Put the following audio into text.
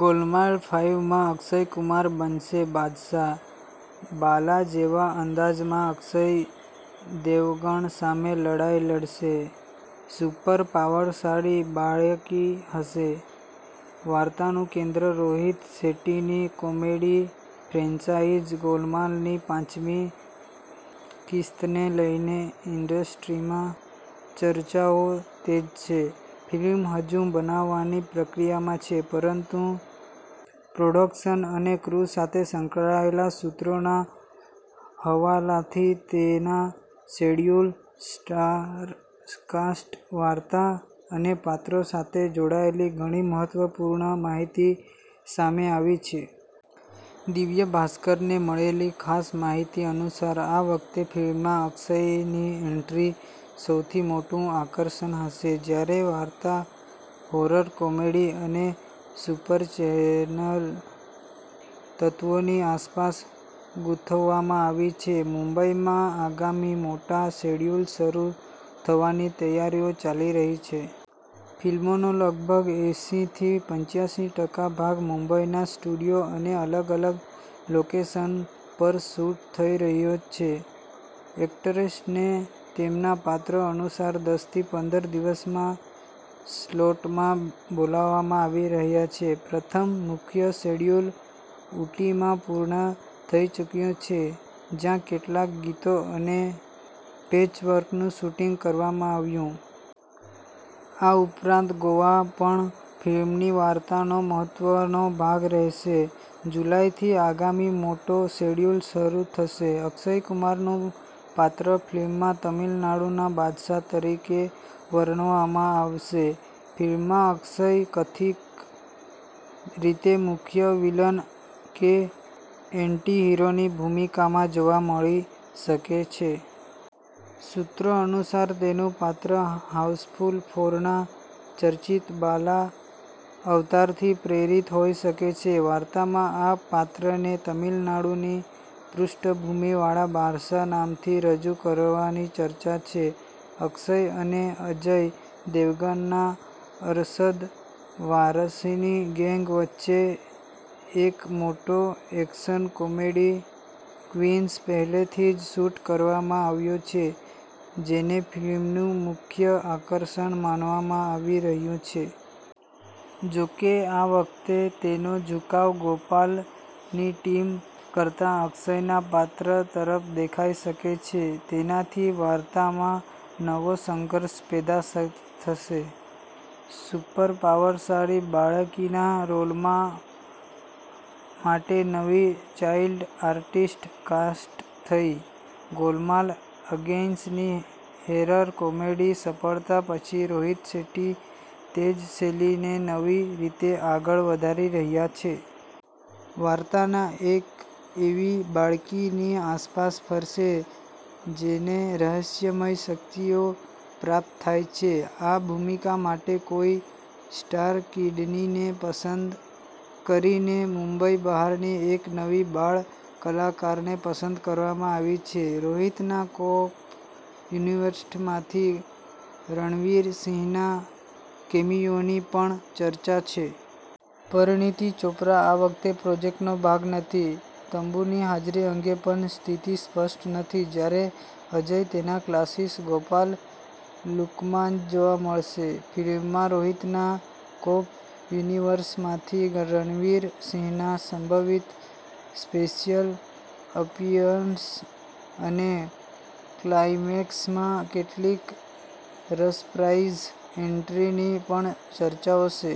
Golmaal five માં અક્ષય કુમાર બનશે 'બાદશાહ.' 'બાલા' જેવા અંદાજમાં અક્ષય દેવગણ સામે લડાઈ લડશે, સુપરપાવર્સવાળી બાળકી હશે વાર્તાનું કેન્દ્ર. રોહિત શેટ્ટીની કોમેડી ફ્રેન્ચાઇઝ 'ગોલમાલ'ની પાંચમી કીસ્તને લઈને ઇન્ડસ્ટ્રીમાં ચર્ચાઓ તેજ છે. ફિલ્મ હજુ બનવાની પ્રક્રિયામાં છે, પરંતુ પ્રોડાક્શન અને ક્રૂ સાથે સંકળાયેલા સૂત્રોના હવાલાથી તેના શેડ્યૂલ, સ્ટારકાસ્ટ, વાર્તા અને પાત્રો સાથે જોડાયેલી ઘણી મહત્વપૂર્ણ માહિતી સામે આવી છે. દિવ્ય ભાસ્કરને મળેલી ખાસ માહિતી અનુસાર, આ વખતે ફિલ્મમાં અક્ષયની એન્ટ્રી સૌથી મોટું આકર્ષણ હશે, જ્યારે વાર્તા હોરર-કોમેડી અને સુપર ચેનલ તત્વોની આસપાસ ગૂંથવામાં આવી છે. મુંબઈમાં આગામી મોટા શેડ્યૂલ શરૂ થવાની તૈયારીઓ ચાલી રહી છે. ફિલ્મનો લગભગ એંસી થી પંચ્યાસી ટકા ભાગ મુંબઈના સ્ટુડિયો અને અલગ-અલગ લોકેશન્સ પર શૂટ થઈ રહ્યો છે. એક્ટર્સને તેમના પાત્રો અનુસાર દસ થી પંદર દિવસમા સ્લોટમાં બોલાવવામાં આવી રહ્યા છે. પ્રથમ મુખ્ય શેડ્યૂલ ઊટીમાં પૂર્ણ થઈ ચૂક્યું છે, જ્યાં કેટલાક ગીતો અને પેચવર્કનું શૂટિંગ કરવામાં આવ્યું. આ ઉપરાંત ગોવા પણ ફિલ્મની વાર્તાનો મહત્વનો ભાગ રહેશે. જુલાઈથી આગામી મોટો શેડ્યૂલ શરૂ થશે. અક્ષય કુમારનું પાત્ર ફિલ્મમાં તમિલનાડુના 'બાદશાહ' તરીકે વર્ણવામાં આવશે. ફિલ્મમાં અક્ષય કથિત રીતે મુખ્ય વિલન કે એન્ટી-હીરોની ભૂમિકામાં જોવા મળી શકે છે. સૂત્રો અનુસાર, તેનું પાત્ર હા'હાઉસફુલ ફોર'ના ચર્ચિત 'બાલા' અવતારથી પ્રેરિત હોઈ શકે છે. વાર્તામાં આ પાત્રને તમિલનાડુની પૃષ્ઠભૂમિવાળા 'બાદશાહ' નામથી રજૂ કરવાની ચર્ચા છે. અક્ષય અને અજય દેવગન ના અરશદ વારસીની ગેંગ વચ્ચે એક મોટો એક્શન-કોમેડી ક્વીનસ પહેલેથી જ શૂટ કરવામાં આવ્યો છે, જેને ફિલ્મનું મુખ્ય આકર્ષણ માનવામાં આવી રહ્યું છે. જોકે, આ વખતે તેનો ઝુકાવ ગોપાલની ટીમ કરતાં અક્ષયના પાત્ર તરફ દેખાઈ શકે છે, જેનાથી વાર્તામાં નવો સંઘર્ષ પેદા થશે. સુપરપાવરસાળી બાળકીના રોલ મા માટે નવી ચાઈલ્ડ આર્ટિસ્ટ કાસ્ટ થઈ. 'ગોલમાલ અગેઇનસ'ની હેરર-કોમેડી સફળતા પછી રોહિત શેટ્ટી તે જ શૈલીને નવી રીતે આગળ વધારી રહ્યા છે. વાર્તાના એક એવી બાળકીની આસપાસ ફરશે, જેને રહસ્યમય શક્તિઓ પ્રાપ્ત થાય છે. આ ભૂમિકા માટે કોઈ સ્ટારકિડની ને પસંદ કરીને મુંબઈ બહારની એક નવી બાળ કલાકારને પસંદ કરવામાં આવી છે. રોહિતના કોપ યુનિવર્સટ માંથી રણવીર સિંહના કેમિયોની પણ ચર્ચા છે. પરિણીતિ ચોપરા આ વખતે પ્રોજેક્ટનો ભાગ નથી. તબુની હાજરી અંગે પણ સ્થિતિ સ્પષ્ટ નથી. જ્યારે અજય તેના ક્લાસિક 'ગોપાલ' લુકમાં જ જોવા મળશે. ફિલ્મમાં રોહિતના કોપ યુનિવર્સમાંથી રણવીર સિંહના સંભવિત સ્પેશિયલ અપિયરન્સ અને ક્લાઇમેક્સમાં કેટલીક રસપ્રાઇઝ એન્ટ્રીની પણ ચર્ચાઓ છે.